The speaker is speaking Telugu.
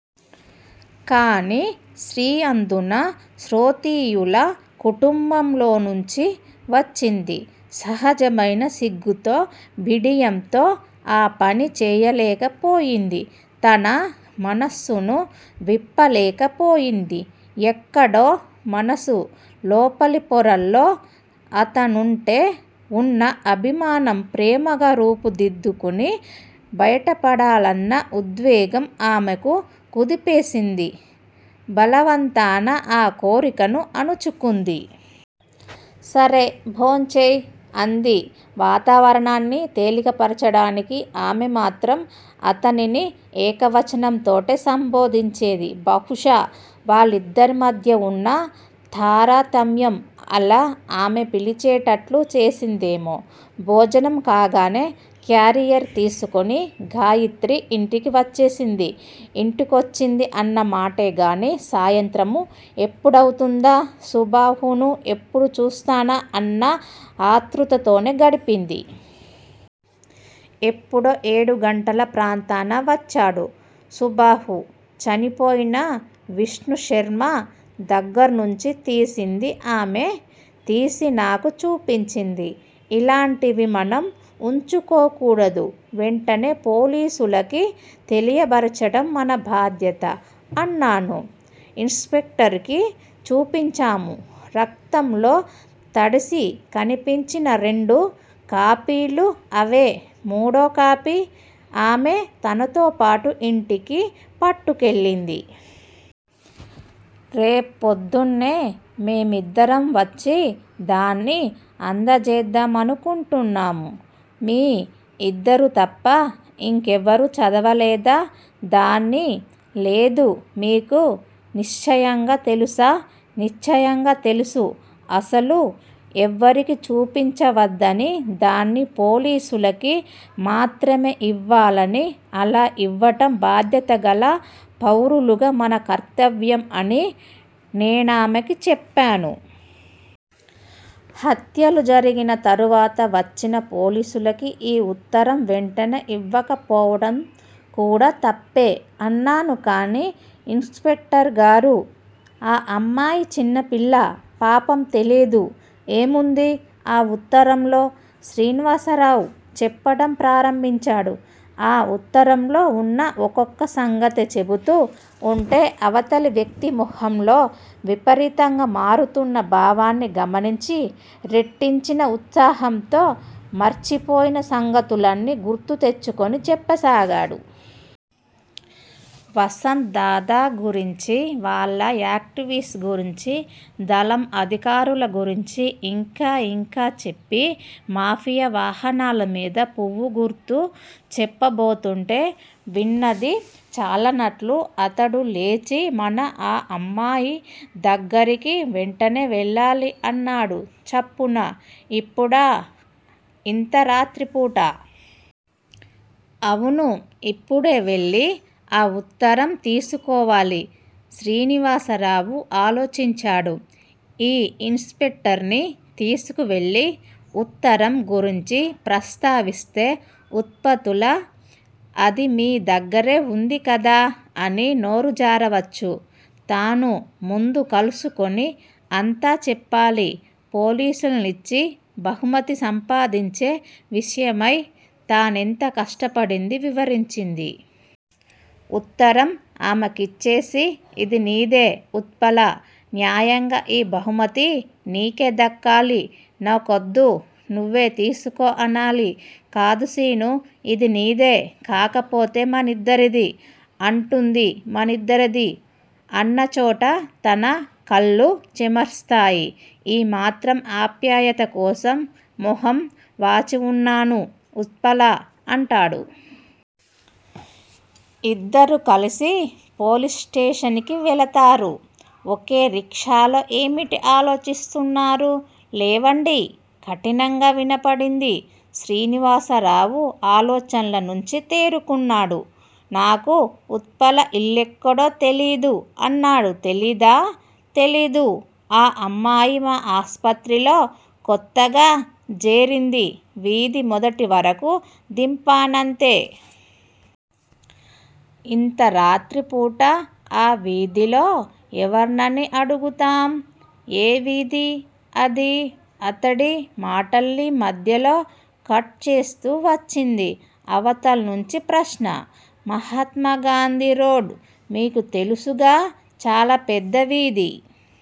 కానీ, స్త్రీ అందునా శోత్రీయుల కుటుంబంలోనుంచి వచ్చింది- సహజమైన సిగ్గుతో, బిడియంతో ఆ పని చేయలేకపోయింది. తన మనసును విప్పలేక పోయింది. ఎక్కడో మనసు లోపలి పొరల్లో అతనుంటే వున్న అభిమానం ప్రేమగా రూపు దిద్దుకుని బయటపడాలన్న ఉద్వేగం ఆమెకు కుదిపేసింది. బలవంతాన ఆ కోరికను అణచుకుంది. సరే. భోంచెయ్ అంది వాతావరణాన్ని తేలికపరచడానికి. ఆమె మాత్రం అతనిని ఏకవచనంతోటే సంభోదించేది. బహుశా వాళ్లిద్దరి మధ్యా వున్న తారతమ్యం అలా ఆమె పిలిచేటట్లు చేసిందేమో. భోజనం కాగానే క్యారియర్ తీసుకొని గాయత్రి ఇంటికి వచ్చేసింది ఇంటికొచ్చింది అన్న మాటేగాని సాయంత్రం ఎప్పుడౌతుందా, సుబాహును ఎప్పుడు చూస్తానా అన్న ఆతృతతోనే గడిపింది. ఎప్పుడో ఏడు గంటల ప్రాంతాన వచ్చాడు సుబాహు. చనిపోయిన విష్ణుశర్మ దగ్గర్నుంచి తీసింది ఆమే! తీసి నాకు చూపించింది. ఇలాంటివి మనం వుంచుకోకూడదు. వెంటనే పోలీసులకి తెలియబర్చటం మన బాధ్యత అన్నాను. ఇన్ స్పెక్టర్ కి చూపించాము. రక్తంలో తడిసి కనిపించిన రెండు కాపీలూ అవే- మూడో కాపీ ఆమే తనతోపాటూ ఇంటికి పట్టుకెళ్ళింది. రేపోద్దున్నే మేమిద్దరం వచ్చి దాన్ని అందజేద్దామనుకుంటున్నాము. మీ ఇద్దరూ తప్ప ఇంకెవరూ చదవలేదా దాన్ని? లేదు మీకు నిశ్చయంగా తెలుసా? నిశ్చయంగా తెలుసు. అసలు ఎవరికీ చూపించవద్దనీ- దాన్ని పోలీసులకి మాత్రమే ఇవ్వాలనీ, అలా ఇవ్వటం బాధ్యతగల పౌరులుగా మన కర్తవ్యం అనీ నేనామెకు చెప్పాను. హత్యలు జరిగిన తుర్వాత వచ్చిన పోలీసులకి ఈ వుత్తరం వెంటనే ఇవ్వకపోవటం కూడా తప్పే అన్నాను కానీ ఇన్ స్పెక్టర్ గారు! ఆ అమ్మాయి చిన్నపిల్ల పాపం తెలీదు. ఏముందీ ఆ వుత్తరంలో? శ్రీనివాసరావు చెప్పడం ప్రారంభించాడు. ఆ వుత్తరంలో వున్న ఒక్కొక్క సంగతే చెపుతూ వుంటే అవతలి వ్యక్తి మొహంలో విపరీతంగా మారుతున్న భావాన్ని గమనించి- రెట్టించిన ఉత్సాహంతో, మార్చిపోయిన సంగతులన్నీ గుర్తుతెచ్చుకొని చెప్పసాగాడు. వసంత్ దాదా గురించీ, వాళ్ళ ఆక్టివిస్ గురించీ, దళం అధికారుల గురించీ, ఇంకా ఇంకా చెప్పి, మాఫియా వాహనాల మీద పువ్వు గుర్తు చెప్పబోతుంటే విన్నది చాలదన్నట్లు అతడు లేచి, మనం ఆ అమ్మాయి దగ్గరకి వెంటనే వెళ్ళాలి- అన్నాడు చప్పున. ఇప్పుడా? ఇంత రాత్రిపూటా? అవును, ఇప్పుడే వెళ్ళి ఆ వుత్తరం తీసుకోవాలి. శ్రీనివాసరావు ఆలోచించాడు. ఈ ఇన్ స్పెక్టర్ ని తీసుకువెళ్ళి, ఉత్తరం గురించి ప్రస్తావిస్తే ఉత్పతుల- అది మీ దగ్గరే వుంది కదా అని నోరు జారవచ్చు. తాను ముందు కలుసుకొని అంతా చెప్పాలి. పోలీసుల్నించి బహుమతి సంపాదించే విషయమై తూనెంత కష్టపడిందీ వివరించాలి. ఉత్తరం ఆమెకిచ్చేసి, ఇది నీదే ఉత్పలా! న్యాయంగా ఈ బహుమతి నీకే దక్కాలి. నాకొద్దు నువ్వే తీసుకో అనాలి. 'కాదు శీనూ, ఇది నీదే- కాకపోతే మనిద్దరిదీ' అంటుంది. మనిద్దరిదీ అన్నచోట తన కళ్ళు చెమర్స్తాయి. 'ఈ మాత్రం ఆప్యాయతకోసం మొహం వాచివున్నాను ఉత్పలా' అంటాడు. ఇద్దరూ కలిసి పోలీస్ స్టేషన్ కి వెళతారు, ఒకే రిక్షాలో ఏమిటి ఆలోచిస్తున్నారు? లేవండి కఠినంగా వినపడింది. శ్రీనివాసరావు ఆలోచన్ల నుంచి తేరుకున్నాడు. నాకు ఉత్పల ఇల్లెక్కడో తెలీదు అన్నాడు. తెలీదా? తెలీదు. ఆ అమ్మాయి మా ఆస్పత్రిలో కొత్తగా జేరింది. వీథి మొదటి వరకూ దింపానంతే. ఇంతరాత్రి పూట ఆ వీథిలో ఎవర్నని అడుగుతాం? ఏ వీథి అది? అతడి మాటల్ని మధ్యలో కట్ చేస్తూ వచ్చింది అవతల్నుంచి ప్రశ్న. మహాత్మాగాంధీరోడ్డు. మీకు తెలుసుగా. చాలా పెద్ద వీధి